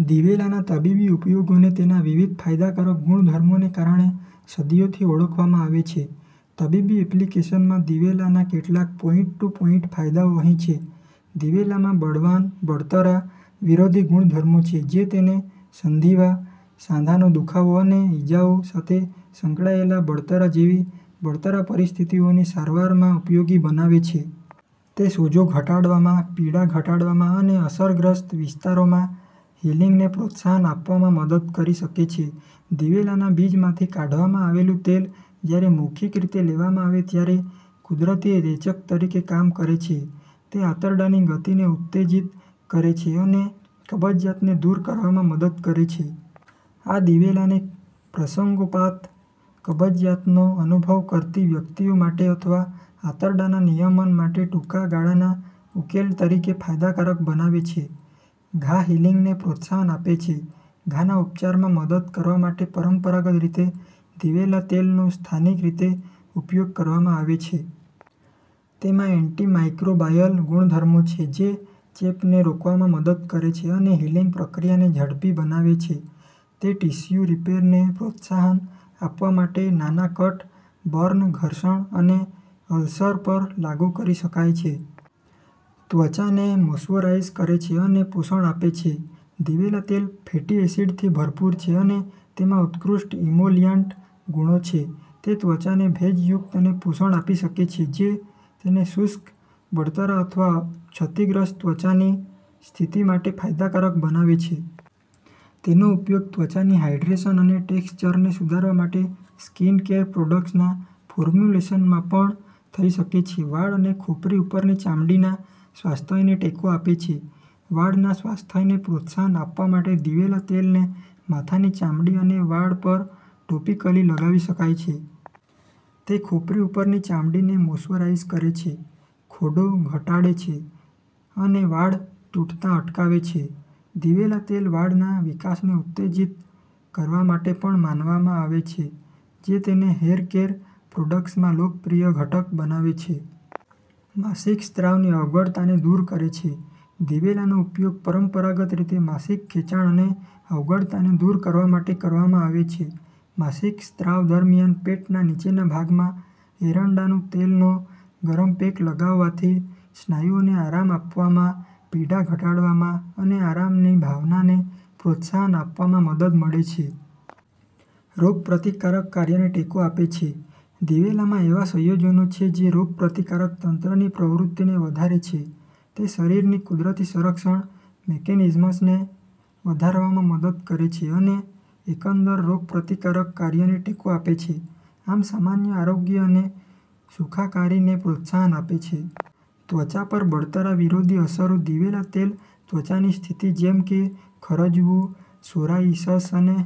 દિવેલા ના તબીબી ઉપયોગોને તેના વિવિધ ફાયદાકારક ગુણધર્મોને કારણે સદીઓથી ઓળખવામાં આવે છે. તબીબી એપ્લિકેશનમાં દિવેલા ના કેટલાક પોઈન્ટ-ટુ-પોઈન્ટ ફાયદાઓ અહીં છે: દિવેલામાં બળવાન બળતરા વિરોધી ગુણધર્મો છે, જે તેને સંધિવા, સાંધાનો દુખાવો અને ઇજાઓ સાથે સંકળાયેલ બળતરા જેવી બળતરા પરિસ્થિતિઓની સારવારમાં ઉપયોગી બનાવે છે. તે સોજો ઘટાડવામાં, પીડા ઘટાડવામાં અને અસરગ્રસ્ત વિસ્તારોમાં હીલિંગને પ્રોત્સાહન આપવામાં મદદ કરી શકે છે. દિવેલાના બીજમાંથી કાઢવામાં આવેલું તેલ જ્યારે મૌખિક રીતે લેવામાં આવે ત્યારે કુદરતી રેચક તરીકે કામ કરે છે. તે આંતરડાની ગતિને ઉત્તેજિત કરે છે અને કબજિયાતને દૂર કરવામાં મદદ કરે છે. આ દિવેલાને પ્રસંગોપાત કબજિયાતનો અનુભવ કરતી વ્યક્તિઓ માટે અથવા આંતરડાના નિયમન માટે ટૂંકા ગાળાના ઉકેલ તરીકે ફાયદાકારક બનાવે છે. ઘા હીલિંગને પ્રોત્સાહન આપે છે: ઘાના ઉપચારમાં મદદ કરવા માટે પરંપરાગત રીતે દિવેલા તેલનો સ્થાનિક રીતે ઉપયોગ કરવામાં આવે છે. તેમાં એન્ટિમાઇક્રોબાયલ ગુણધર્મો છે જે ચેપને રોકવામાં મદદ કરે છે અને હીલિંગ પ્રક્રિયાને ઝડપી બનાવે છે. તે ટીશ્યુ રિપેરને પ્રોત્સાહન આપવા માટે નાના કટ, બર્ન, ઘર્ષણ અને અલ્સર પર લાગુ કરી શકાય છે. ત્વચાને મોઇશ્ચરાઇઝ કરે છે અને પોષણ આપે છે: દિવેલા તેલ ફેટી એસિડથી ભરપૂર છે અને તેમાં ઉત્કૃષ્ટ ઇમોલિયન્ટ ગુણો છે. તે ત્વચાને ભેજયુક્ત અને પોષણ આપી શકે છે, જે તેને શુષ્ક, બળતરા અથવા ક્ષતિગ્રસ્ત ત્વચાની સ્થિતિ માટે ફાયદાકારક બનાવે છે. તેનો ઉપયોગ ત્વચાની હાઇડ્રેશન અને ટેક્સચરને સુધારવા માટે સ્કિનકેર પ્રોડક્ટ્સના ફોર્મ્યુલેશનમાં પણ થઈ શકે છે. વાળ અને ખોપરી ઉપરની ચામડીના સ્વાસ્થ્યને ટેકો આપે છે: વાળના સ્વાસ્થ્યને પ્રોત્સાહન આપવા માટે દિવેલા તેલને માથાની ચામડી અને વાળ પર ટોપિકલી લગાવી શકાય છે. તે ખોપરી ઉપરની ચામડીને મોઇશ્ચરાઇઝ કરે છે, ખોડો ઘટાડે છે અને વાળ તૂટતા અટકાવે છે. દિવેલા તેલ વાળના વિકાસને ઉત્તેજીત કરવા માટે પણ માનવામાં આવે છે, જે તેને હેર કેર પ્રોડક્ટ્સમાં લોકપ્રિય ઘટક બનાવે છે. માસિક સ્રાવની અગવડતાને દૂર કરે છે: દિવેલાનો ઉપયોગ પરંપરાગત રીતે માસિક ખેંચાણ અને અગવડતાને દૂર કરવા માટે કરવામાં આવે છે. માસિક સ્રાવ દરમિયાન પેટના નીચેના ભાગમાં એરંડાના તેલનો ગરમ પેક લગાવવાથી સ્નાયુઓને આરામ આપવામાં, પીડા ઘટાડવામાં અને આરામની ભાવનાને પ્રોત્સાહન આપવામાં મદદ મળે છે. રોગપ્રતિકારક કાર્યને ટેકો આપે છે: દિવેલામાં એવા સંયોજનો છે જે રોગપ્રતિકારક તંત્રની પ્રવૃત્તિને વધારે છે. તે શરીરની કુદરતી સંરક્ષણ મિકેનિઝમ્સને વધારવામાં મદદ કરી શકે છે અને એકંદર રોગપ્રતિકારક કાર્યને ટેકો આપે છે, આમ સામાન્ય આરોગ્ય અને સુખાકારીને પ્રોત્સાહન આપે છે. ત્વચા પર બળતરા વિરોધી અસરો: દિવેલા તેલ ત્વચાની સ્થિતિ જેમ કે ખરજવું, સૉરાયિસસ અને